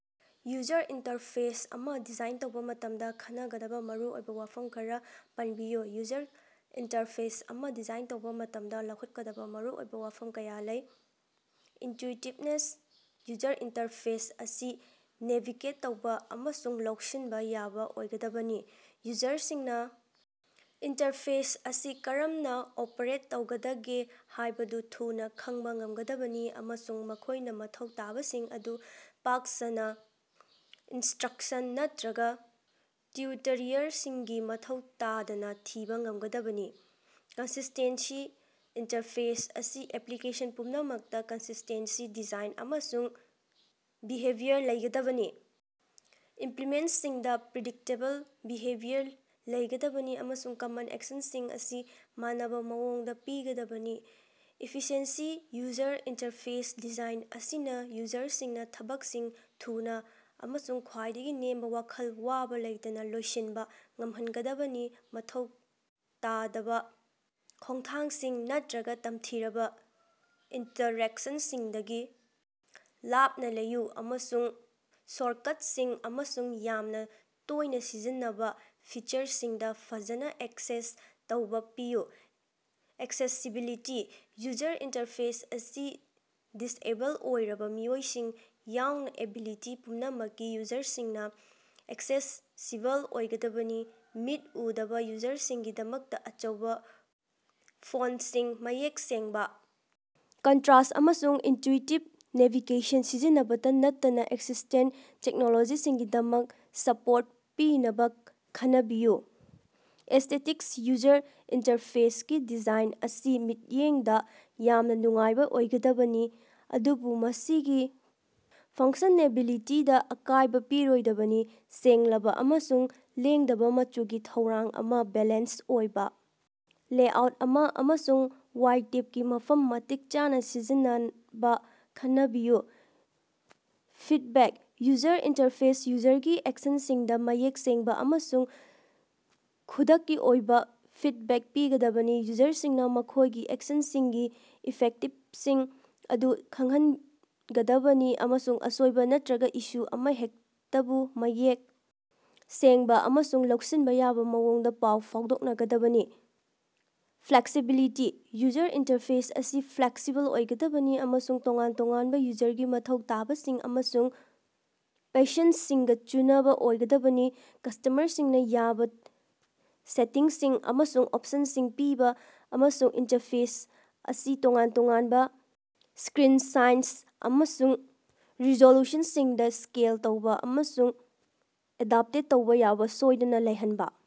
User interface ꯑꯃ design ꯇꯧꯕ ꯃꯇꯝꯗ ꯈꯟꯅꯒꯗꯕ ꯃꯔꯨꯑꯣꯏꯕ ꯋꯥꯐꯝ ꯈꯔ ꯄꯟꯕꯤꯌꯨ꯫ ꯌꯨꯖꯔ ꯏꯟꯇꯔꯐꯦꯁ ꯑꯃ ꯗꯤꯖꯥꯏꯟ ꯇꯧꯕ ꯃꯇꯝꯗ, ꯂꯧꯈꯠꯀꯗꯕ ꯃꯔꯨꯑꯣꯏꯕ ꯋꯥꯐꯝ ꯀꯌꯥ ꯂꯩ: ꯏꯟꯇ꯭ꯌꯨꯏꯇꯤꯚꯅꯦꯁ: ꯌꯨꯖꯔ ꯏꯟꯇꯔꯐꯦꯁ ꯑꯁꯤ ꯅꯦꯚꯤꯒꯦꯠ ꯇꯧꯕ ꯑꯃꯁꯨꯡ ꯂꯧꯁꯤꯟꯕ ꯌꯥꯕ ꯑꯣꯏꯒꯗꯕꯅꯤ꯫ ꯌꯨꯖꯔꯁꯤꯡꯅ ꯏꯟꯇꯔꯐꯦꯁ ꯑꯁꯤ ꯀꯔꯝꯅ ꯑꯣꯄꯔꯦꯠ ꯇꯧꯒꯗꯒꯦ ꯍꯥꯏꯕꯗꯨ ꯊꯨꯅ ꯈꯪꯕ ꯉꯝꯒꯗꯕꯅꯤ ꯑꯃꯁꯨꯡ ꯃꯈꯣꯏꯅ ꯃꯊꯧ ꯇꯥꯕꯁꯤꯡ ꯑꯗꯨ ꯄꯥꯛ ꯁꯟꯅ ꯏꯟꯁ꯭ꯇꯔꯛꯁꯟ ꯅꯠꯇ꯭ꯔꯒ ꯇ꯭ꯌꯨꯇꯔꯤꯌꯔꯁꯤꯡꯒꯤ ꯃꯊꯧ ꯇꯥꯗꯅ ꯊꯤꯕ ꯉꯝꯒꯗꯕꯅꯤ꯫ ꯀꯟꯁꯤꯁ꯭ꯇꯦꯟꯁꯤ: ꯏꯟꯇꯔꯐꯦꯁ ꯑꯁꯤ ꯑꯦꯄ꯭ꯂꯤꯀꯦꯁꯟ ꯄꯨꯝꯅꯃꯛꯇ ꯀꯟꯁꯤꯁ꯭ꯇꯦꯟꯁꯤ ꯗꯤꯖꯥꯏꯟ ꯑꯃꯁꯨꯡ ꯕꯤꯍꯦꯕꯤꯌꯔ ꯂꯩꯒꯗꯕꯅꯤ꯫ ꯏꯂꯤꯃꯦꯟꯇꯁꯤꯡꯗ ꯄ꯭ꯔꯤꯗꯤꯛꯇꯦꯕꯜ ꯕꯤꯍꯦꯕꯤꯌꯔ ꯂꯩꯒꯗꯕꯅꯤ, ꯑꯃꯁꯨꯡ ꯀꯃꯟ ꯑꯦꯛꯁꯟꯁꯤꯡ ꯑꯁꯤ ꯃꯥꯟꯅꯕ ꯃꯑꯣꯡꯗ ꯄꯤꯒꯗꯕꯅꯤ꯫ ꯏꯐꯤꯁꯤꯑꯦꯟꯁꯤ: ꯌꯨꯖꯔ ꯏꯟꯇꯔꯐꯦꯁ ꯗꯤꯖꯥꯏꯟ ꯑꯁꯤꯅ ꯌꯨꯖꯔꯁꯤꯡꯅ ꯊꯕꯛꯁꯤꯡ ꯊꯨꯅ ꯑꯃꯁꯨꯡ ꯈ꯭ꯋꯥꯏꯗꯒꯤ ꯅꯦꯝꯕ ꯋꯥꯈꯜ ꯋꯥꯕ ꯂꯩꯇꯅ ꯂꯣꯏꯁꯤꯟꯕ ꯉꯝꯍꯟꯒꯗꯕꯅꯤ꯫ ꯃꯊꯧ ꯇꯥꯗꯕ ꯈꯣꯡꯊꯥꯡꯁꯤꯡ ꯅꯠꯇ꯭ꯔꯒ ꯇꯝꯊꯤꯔꯕ ꯏꯟꯇꯔꯦꯛꯁꯟꯁꯤꯡꯗꯒꯤ ꯂꯥꯞꯅ ꯂꯩꯌꯨ, ꯑꯃꯁꯨꯡ ꯁꯣꯔꯇꯀꯠꯁꯤꯡ ꯑꯃꯁꯨꯡ ꯌꯥꯝꯅ ꯇꯣꯏꯅ ꯁꯤꯖꯤꯟꯅꯕ ꯐꯤꯆꯔꯁꯤꯡꯗ ꯐꯖꯅ ꯑꯦꯛꯁꯦꯁ ꯇꯧꯕ ꯄꯤꯌꯨ꯫ ꯑꯦꯛꯁꯦꯁꯤꯕꯤꯂꯤꯇꯤ: ꯌꯨꯖꯔ ꯏꯟꯇꯔꯐꯦꯁ ꯑꯁꯤ ꯗꯤꯁꯑꯦꯕꯜ ꯑꯣꯏꯔꯕ ꯃꯤꯑꯣꯏꯁꯤꯡ ꯌꯥꯎꯅ ꯑꯦꯕꯤꯂꯤꯇꯤ ꯄꯨꯝꯅꯃꯛꯀꯤ ꯌꯨꯖꯔꯁꯤꯡꯅ ꯑꯦꯛꯁꯦꯁꯤꯕꯜ ꯑꯣꯏꯒꯗꯕꯅꯤ꯫ ꯃꯤꯠ ꯎꯗꯕ ꯌꯨꯖꯔꯁꯤꯡꯒꯤꯗꯃꯛꯇ ꯑꯆꯧꯕ ꯐꯣꯟꯇꯁꯤꯡ, ꯃꯌꯦꯛ ꯁꯦꯡꯕ ꯀꯟꯇ꯭ꯔꯥꯁ ꯑꯃꯁꯨꯡ ꯏꯟꯇ꯭ꯌꯨꯏꯇꯤꯕ ꯅꯦꯚꯤꯒꯦꯁꯟ ꯁꯤꯖꯤꯟꯅꯕꯇ ꯅꯠꯇꯅ ꯑꯦꯁꯤꯁ꯭ꯇꯦꯟꯇ ꯇꯦꯛꯅꯣꯂꯣꯖꯤꯁꯤꯡꯒꯤꯗꯃꯛ ꯁꯄꯣꯔꯠ ꯄꯤꯅꯕ ꯈꯟꯅꯕꯤꯌꯨ꯫ ꯑꯦꯁ꯭ꯇꯦꯇꯤꯛꯁ: ꯌꯨꯖꯔ ꯏꯟꯇꯔꯐꯦꯁꯀꯤ ꯗꯤꯖꯥꯏꯟ ꯑꯁꯤ ꯃꯤꯠꯌꯦꯡꯗ ꯌꯥꯝꯅ ꯅꯨꯡꯉꯥꯏꯕ ꯑꯣꯏꯒꯗꯕꯅꯤ, ꯑꯗꯨꯕꯨ ꯃꯁꯤꯒꯤ ꯐꯪꯁꯅꯦꯂꯤꯇꯤꯗ ꯑꯀꯥꯏꯕ ꯄꯤꯔꯣꯏꯗꯕꯅꯤ꯫ ꯁꯦꯡꯂꯕ ꯑꯃꯁꯨꯡ ꯂꯦꯡꯗꯕ ꯃꯆꯨꯒꯤ ꯊꯧꯔꯥꯡ ꯑꯃ, ꯕꯦꯂꯦꯟꯁ ꯑꯣꯏꯕ ꯂꯦꯑꯥꯎꯠ ꯑꯃ ꯑꯃꯁꯨꯡ ꯋꯥꯏꯇꯦꯞꯀꯤ ꯃꯐꯝ ꯃꯇꯤꯛ ꯆꯥꯅ ꯁꯤꯖꯤꯟꯅꯕ ꯈꯟꯅꯕꯤꯌꯨ꯫ ꯐꯤꯗꯕꯦꯛ: ꯌꯨꯖꯔ ꯏꯟꯇꯔꯐꯦꯁꯅ ꯌꯨꯖꯔꯒꯤ ꯑꯦꯛꯁꯟꯁꯤꯡꯗ ꯃꯌꯦꯛ ꯁꯦꯡꯕ ꯑꯃꯁꯨꯡ ꯈꯨꯗꯛꯀꯤ ꯑꯣꯏꯕ ꯐꯤꯗꯕꯦꯛ ꯄꯤꯒꯗꯕꯅꯤ꯫ ꯌꯨꯖꯔꯁꯤꯡꯅ ꯃꯈꯣꯏꯒꯤ ꯑꯦꯛꯁꯟꯁꯤꯡꯒꯤ ꯏꯐꯦꯛꯇꯁꯤꯡ ꯑꯗꯨ ꯈꯪꯖꯤꯟꯒꯗꯕꯅꯤ, ꯑꯃꯁꯨꯡ ꯑꯁꯣꯏꯕ ꯅꯠꯇ꯭ꯔꯒ ꯏꯁꯨ ꯑꯃꯍꯦꯛꯇꯕꯨ ꯃꯌꯦꯛ ꯁꯦꯡꯕ ꯑꯃꯁꯨꯡ ꯂꯧꯁꯤꯟꯕ ꯌꯥꯕ ꯃꯑꯣꯡꯗ ꯄꯥꯎ ꯐꯥꯎꯗꯣꯛꯅꯀꯗꯕꯅꯤ꯫ ꯐ꯭ꯂꯦꯛꯁꯤꯕꯤꯂꯤꯇꯤ: ꯌꯨꯖꯔ ꯏꯟꯇꯔꯐꯦꯁ ꯑꯁꯤ ꯐ꯭ꯂꯦꯛꯁꯤꯕꯜ ꯑꯣꯏꯒꯗꯕꯅꯤ ꯑꯃꯁꯨꯡ ꯇꯣꯉꯥꯟ ꯇꯣꯉꯥꯟꯕ ꯌꯨꯖꯔꯒꯤ ꯃꯊꯧ ꯇꯥꯕꯁꯤꯡ ꯑꯃꯁꯨꯡ ꯄꯁꯟꯗꯁꯤꯡꯒꯥ ꯆꯨꯅꯕꯥ ꯑꯣꯏꯒꯗꯕꯅꯤ꯫ ꯀꯁ꯭ꯇꯃꯔꯁꯤꯡꯅ ꯌꯥꯕ ꯁꯦꯇꯤꯡꯁꯤꯡ ꯑꯃꯁꯨꯡ ꯑꯣꯞꯁꯟꯁꯤꯡ ꯄꯤꯕ ꯑꯃꯁꯨꯡ ꯏꯟꯇꯔꯐꯦꯁ ꯑꯁꯤ ꯇꯣꯉꯥꯟ-ꯇꯣꯉꯥꯟꯕ ꯁ꯭ꯀꯔꯤꯟ ꯁꯥꯏꯖ ꯑꯃꯁꯨꯡ ꯔꯤꯖꯣꯂꯨꯁꯟꯁꯤꯡꯗ ꯁ꯭ꯀꯦꯜ ꯇꯧꯕ ꯑꯃꯁꯨꯡ ꯑꯦꯗꯞꯇꯦꯠ ꯇꯧꯕ ꯌꯥꯕ ꯁꯣꯏꯗꯅ ꯂꯩꯍꯟꯕ꯫